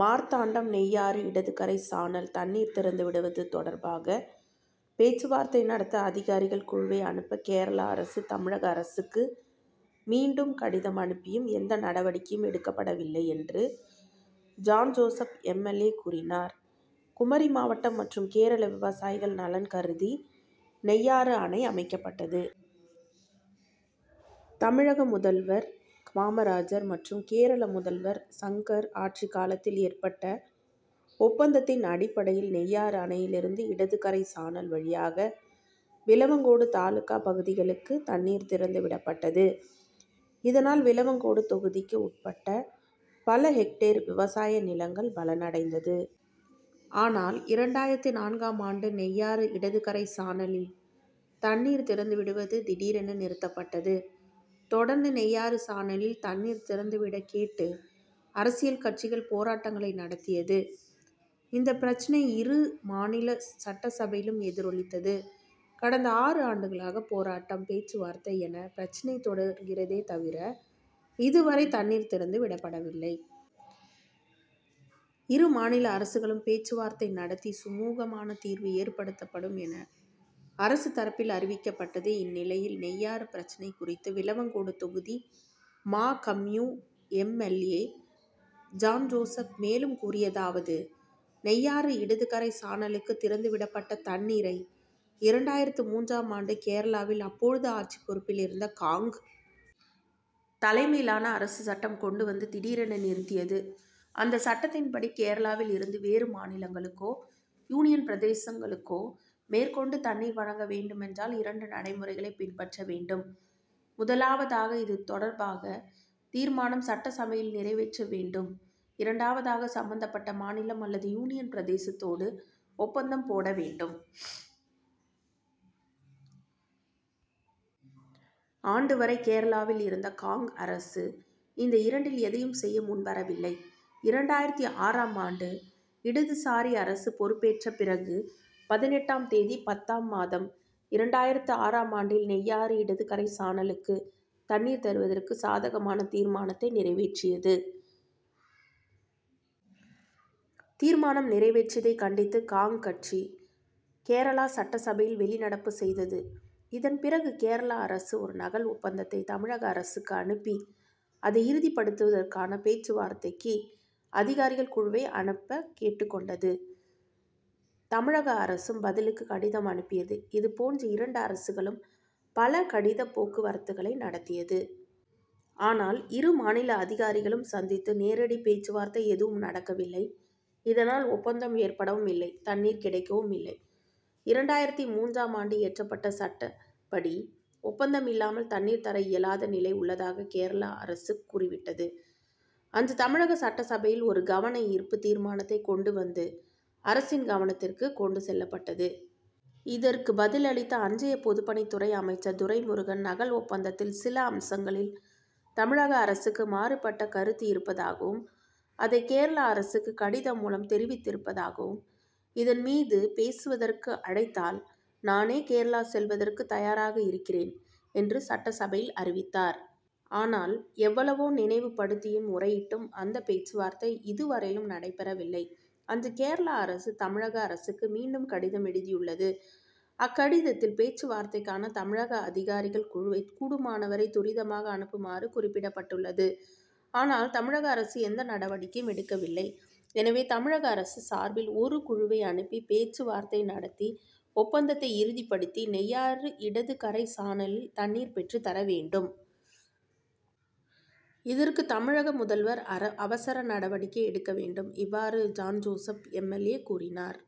மார்த்தாண்டம் நெய்யாறு இடதுகரை சானல் தண்ணீர் திறந்து விடுவது தொடர்பாக பேச்சுவார்த்தை நடத்த அதிகாரிகள் குழுவை அனுப்ப கேரளா அரசு, தமிழக அரசுக்கு மீண்டும் கடிதம் அனுப்பியும் எந்த நடவடிக்கையும் எடுக்கப்படவில்லை என்று ஜாண்ஜோசப் எம். எல். ஏ., கூறினார். குமரி மாவட்டம் மற்றும் கேரள விவசாயிகள் நலன்கருதி நெய்யாறு அணை அமைக்கப்பட்டது. தமிழக முதல்வர் காமராஜர் மற்றும் கேரள முதல்வர் சங்கர் ஆட்சி காலத்தில் ஏற்பட்ட ஒப்பந்தத்தின் அடிப்படையில் நெய்யாறு அணையில் இருந்து இடதுகரை சானல் வழியாக விளவங்கோடு தாலுகா பகுதிகளுக்கு தண்ணீர் திறந்து விடப்பட்டது. இதனால் விளவங்கோடு தொகுதிக்கு உட்பட்ட பல ஹெக்டெர் விவசாய நிலங்கள் பலனடைந்தது. ஆனால் இரண்டாயிரத்து நான்காம் ஆண்டு நெய்யாறு இடதுகரை சானலில் தண்ணீர் திறந்து விடுவது திடீரென நிறுத்தப்பட்டது. தொடர்ந்து நெய்யாறு சானலில் தண்ணீர் திறந்து விடக்கேட்டு அரசியல் கட்சிகள் போராட்டங்களை நடத்தியது. இந்த பிரச்னை இருமாநில சட்டசபையிலும் எதிரொலித்தது. கடந்த ஆறு ஆண்டுகளாக போராட்டம், பேச்சுவார்த்தை என பிரச்னை தொடர்கிறதே தவிர இதுவரை தண்ணீர் திறந்து விடப்படவில்லை. இருமாநில அரசுகளும் பேச்சுவார்த்தை நடத்தி சுமூகமான தீர்வு ஏற்படுத்தப்படும் என அரசு தரப்பில் அறிவிக்கப்பட்டது. இந்நிலையில் நெய்யாறு பிரச்னை குறித்து விளவங்கோடு தொகுதி மா. கம்யூ., எம். எல். ஏ., ஜாண்ஜோசப் மேலும் கூறியதாவது நெய்யாறு இடதுகரை சானலுக்கு திறந்து விடப்பட்ட தண்ணீரை இரண்டாயிரத்து மூன்றாம் ஆண்டு கேரளாவில் அப்பொழுது ஆட்சி பொறுப்பில் இருந்த காங்., தலைமையிலான அரசு சட்டம் கொண்டு வந்து திடீரென நிறுத்தியது. அந்த சட்டத்தின் படி கேரளாவில் இருந்து வேறு மாநிலங்களுக்கோ, யூனியன் பிரதேசங்களுக்கோ மேற்கொண்டு தண்ணீர் வழங்க வேண்டுமென்றால் இரண்டு நடைமுறைகளை பின்பற்ற வேண்டும். முதலாவதாக இது தொடர்பாக தீர்மானம் சட்டசபையில் நிறைவேற்ற வேண்டும். இரண்டாவதாக சம்பந்தப்பட்ட மாநிலம் அல்லது யூனியன் பிரதேசத்தோடு ஒப்பந்தம் போட வேண்டும். ஆண்டு வரை கேரளாவில் இருந்த காங்., அரசு இந்த இரண்டில் எதையும் செய்ய முன்வரவில்லை. இரண்டாயிரத்து ஆறாம் ஆண்டு இடதுசாரி அரசு பொறுப்பேற்ற பிறகு பதினெட்டாம் தேதி பத்தாம் மாதம் இரண்டாயிரத்து ஆறாம் ஆண்டில் நெய்யாறு இடதுகரை சானலுக்கு தண்ணீர் தருவதற்கு சாதகமான தீர்மானத்தை நிறைவேற்றியது. தீர்மானம் நிறைவேற்றியதை கண்டித்து காங்., கட்சி கேரளா சட்டசபையில் வெளிநடப்பு செய்தது. இதன் பிறகு கேரளா அரசு ஒரு நகல் ஒப்பந்தத்தை தமிழக அரசுக்கு அனுப்பி அதை இறுதிப்படுத்துவதற்கான பேச்சுவார்த்தைக்கு அதிகாரிகள் குழுவை அனுப்ப கேட்டு கொண்டது. தமிழக அரசும் பதிலுக்கு கடிதம் அனுப்பியது. இதுபோன்று இரண்டு அரசுகளும் பல கடிதப்போக்குவரத்துகளை நடத்தியது. ஆனால் இரு மாநில அதிகாரிகளும் சந்தித்து நேரடி பேச்சுவார்த்தை எதுவும் நடக்கவில்லை. இதனால் ஒப்பந்தம் ஏற்படவுமில்லை, தண்ணீர் கிடைக்கவுமில்லை. இரண்டாயிரத்து மூன்றாம் ஆண்டு இயற்றப்பட்ட சட்டப்படி ஒப்பந்தம் இல்லாமல் தண்ணீர் தர இயலாத நிலை உள்ளதாக கேரளா அரசு கூறிவிட்டது. அன்று தமிழக சட்டசபையில் ஒரு கவன ஈர்ப்பு தீர்மானத்தை கொண்டு வந்து அரசின் கவனத்திற்கு எடுத்து செல்லப்பட்டது. இதற்கு பதில் அளித்த அன்றைய பொதுப்பணித்துறை அமைச்சர் துரைமுருகன் நகல் ஒப்பந்தத்தில் சில அம்சங்களில் தமிழக அரசுக்கு மாறுபட்ட கருத்து இருப்பதாகவும், அதை கேரளா அரசுக்கு கடிதம் மூலம் தெரிவித்திருப்பதாகவும் இதன் மீது பேசுவதற்கு அழைத்தால் நானே கேரளா செல்வதற்கு தயாராக இருக்கிறேன் என்று சட்டசபையில் அறிவித்தார். ஆனால் எவ்வளவோ நினைவுப்படுத்தியும், முறையிட்டும் அந்த பேச்சுவார்த்தை இது வரையிலும் நடைபெறவில்லை. அன்று கேரளா அரசு தமிழக அரசுக்கு மீண்டும் கடிதம் எழுதியுள்ளது. அக்கடிதத்தில், பேச்சுவார்த்தைக்கான தமிழக அதிகாரிகள் குழுவை கூடுமானவரை துரிதமாக அனுப்புமாறு குறிப்பிடப்பட்டுள்ளது. ஆனால் தமிழக அரசு எந்த நடவடிக்கையும் எடுக்கவில்லை. எனவே தமிழக அரசு சார்பில் ஒரு குழுவை அனுப்பி, பேச்சுவார்த்தை நடத்தி, ஒப்பந்தத்தை இறுதிப்படுத்தி நெய்யாறு இடதுகரை சானலில் தண்ணீர் பெற்றுதர வேண்டும். இதற்கு தமிழக முதல்வர் அவசர நடவடிக்கை எடுக்க வேண்டும். இவ்வாறு ஜாண்ஜோசப் எம். எல். ஏ., கூறினார்.